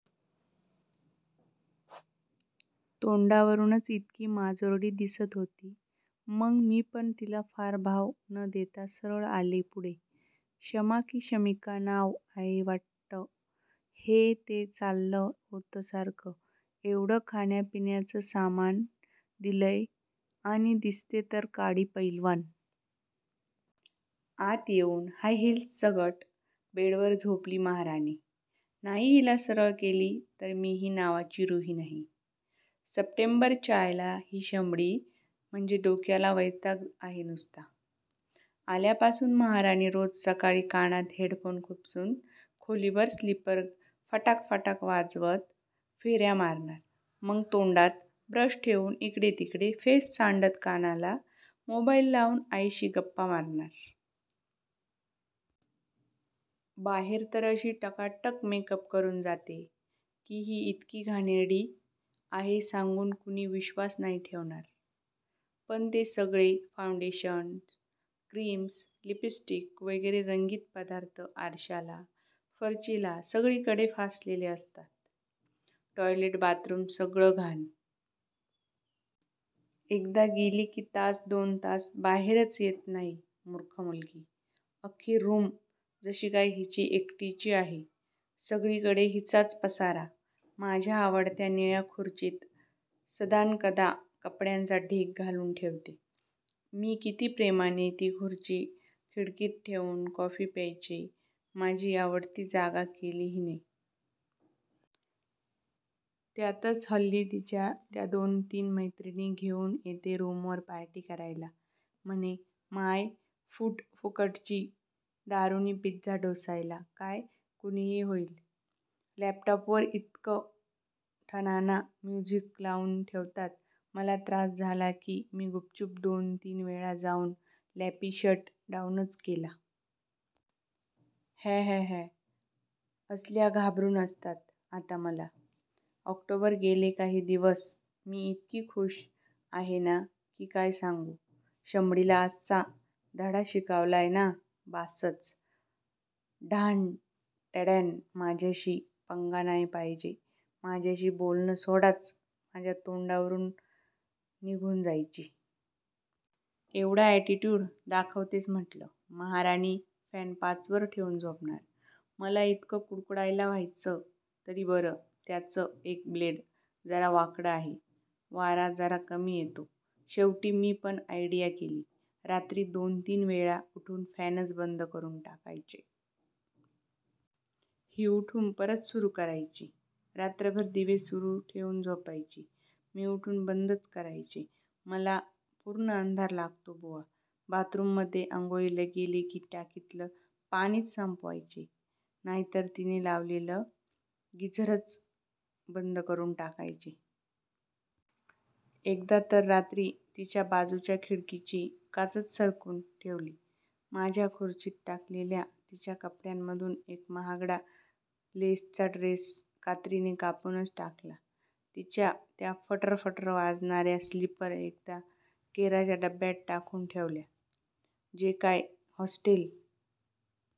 तोंडावरूनच इतकी माजोरडी दिसत होती. मग मीपण तिला फार भाव न देता सरळ आले पुढे. शमा की शमिका नाव आहे वाट्ट. हे, ते चाललं होतं सारखं. एवढं खाण्या पिण्याचं सामान दिलंय, आणि दिसते तर काडी पैलवान. आत येऊन हाय हिल्ससकट बेडवर झोपली महाराणी! नाही हिला सरळ केली तर मीही नावाची रुही नाही! सप्टेंबर च्यायला ही शमडी म्हणजे डोक्याला वैताग आहे नुसता. आल्यापासून महाराणी रोज सकाळी कानात हेडफोन खुपसून खोलीभर स्लीपर फटाक फटाक वाजवत फेऱ्या मारणार, मग तोंडात ब्रश ठेऊन इकडे तिकडे फेस सांडत कानाला मोबाईल लावून आईशी गप्पा मारणार. बाहेर तर अशी टकाटक मेकअप करून जाते की ही इतकी घाणेरडी आहे सांगून कुणी विश्वास नाही ठेवणार. पण ते सगळे फाऊंडेशन, क्रीम्स, लिपस्टिक वगैरे रंगीत पदार्थ आरश्याला, फरशीला सगळीकडे फासलेले असतात. टॉयलेट, बाथरूम सगळं घाण. एकदा गेली की तास- दोन तास बाहेरच येत नाही मूर्ख मुलगी. अख्खी रूम जशीकाय हिची एकटीची आहे! सगळीकडे हिचाच पसारा. माझ्या आवडत्या निळ्या खुर्चीत सदानकदा कपड्यांचा ढीग घालून ठेवते. मी किती प्रेमाने ती खुर्ची खिडकीत ठेऊन कॉफी प्यायचे, माझी आवडती जागा केली हिने. त्यातच हल्ली तिच्या त्या दोन तीन मैत्रिणी घेऊन येते रूमवर पार्टी करायला. म्हणे! माय फूट! फुकटची दारू नि पिझ्झा ढोसायला काय कुणीही होईल. लॅपटॉपवर इतकं ठणाणा म्युझिक लावून ठेवतात. मला त्रास झाला की मी गुपचूप दोन तीनवेळा जाऊन लॅपी शट डाऊनच केला. हॅहॅहॅ, असल्या घाबरून असतात आता मला. ऑक्टोबर गेले काही दिवस मी इतकी खुश आहे ना की काय सांगू! शमडीला अस्सा धडा शिकवलाय ना, बासच! ढाणटडॅण! माझ्याशी पंगा नाय पायजे. माझ्याशी बोलणं सोडाच, माझ्या तोंडावरून निघून जायची. एवढा ऍटीट्यूड! दाखवतेच म्हटलं. महाराणी फॅन पाचवर ठेऊन झोपणार, मला इतकं कुडकुडायला व्हायचं. तरी बरं त्याचं एक ब्लेड जरा वाकडं आहे, वारा जरा कमी येतो. शेवटी मीपण आयडिया केली. रात्री दोनतीन वेळा उठून फॅनच बंद करून टाकायचे. ही उठून परत सुरू करायची. रात्रभर दिवे सुरू ठेऊन झोपायची, मी उठून बंदच करायचे. मला पूर्ण अंधार लागतो बुवा. बाथरूममध्ये आंघोळीला गेले की टाकीतलं पाणीच संपवायचे, नाहीतर तिने लावलेला गिझरच बंद करून टाकायचे. एकदा तर रात्री तिच्या बाजूच्या खिडकीची काचच सरकवून ठेवली. माझ्या खुर्चीत टाकलेल्या तिच्या कपड्यामधून एक महागडा लेसचा ड्रेस कात्रीने कापूनच टाकला. तिच्या त्या फटर फटर वाजणाऱ्या स्लीपर एकदा केराच्या डब्यात टाकून ठेवल्या, जे काय हॉस्टेल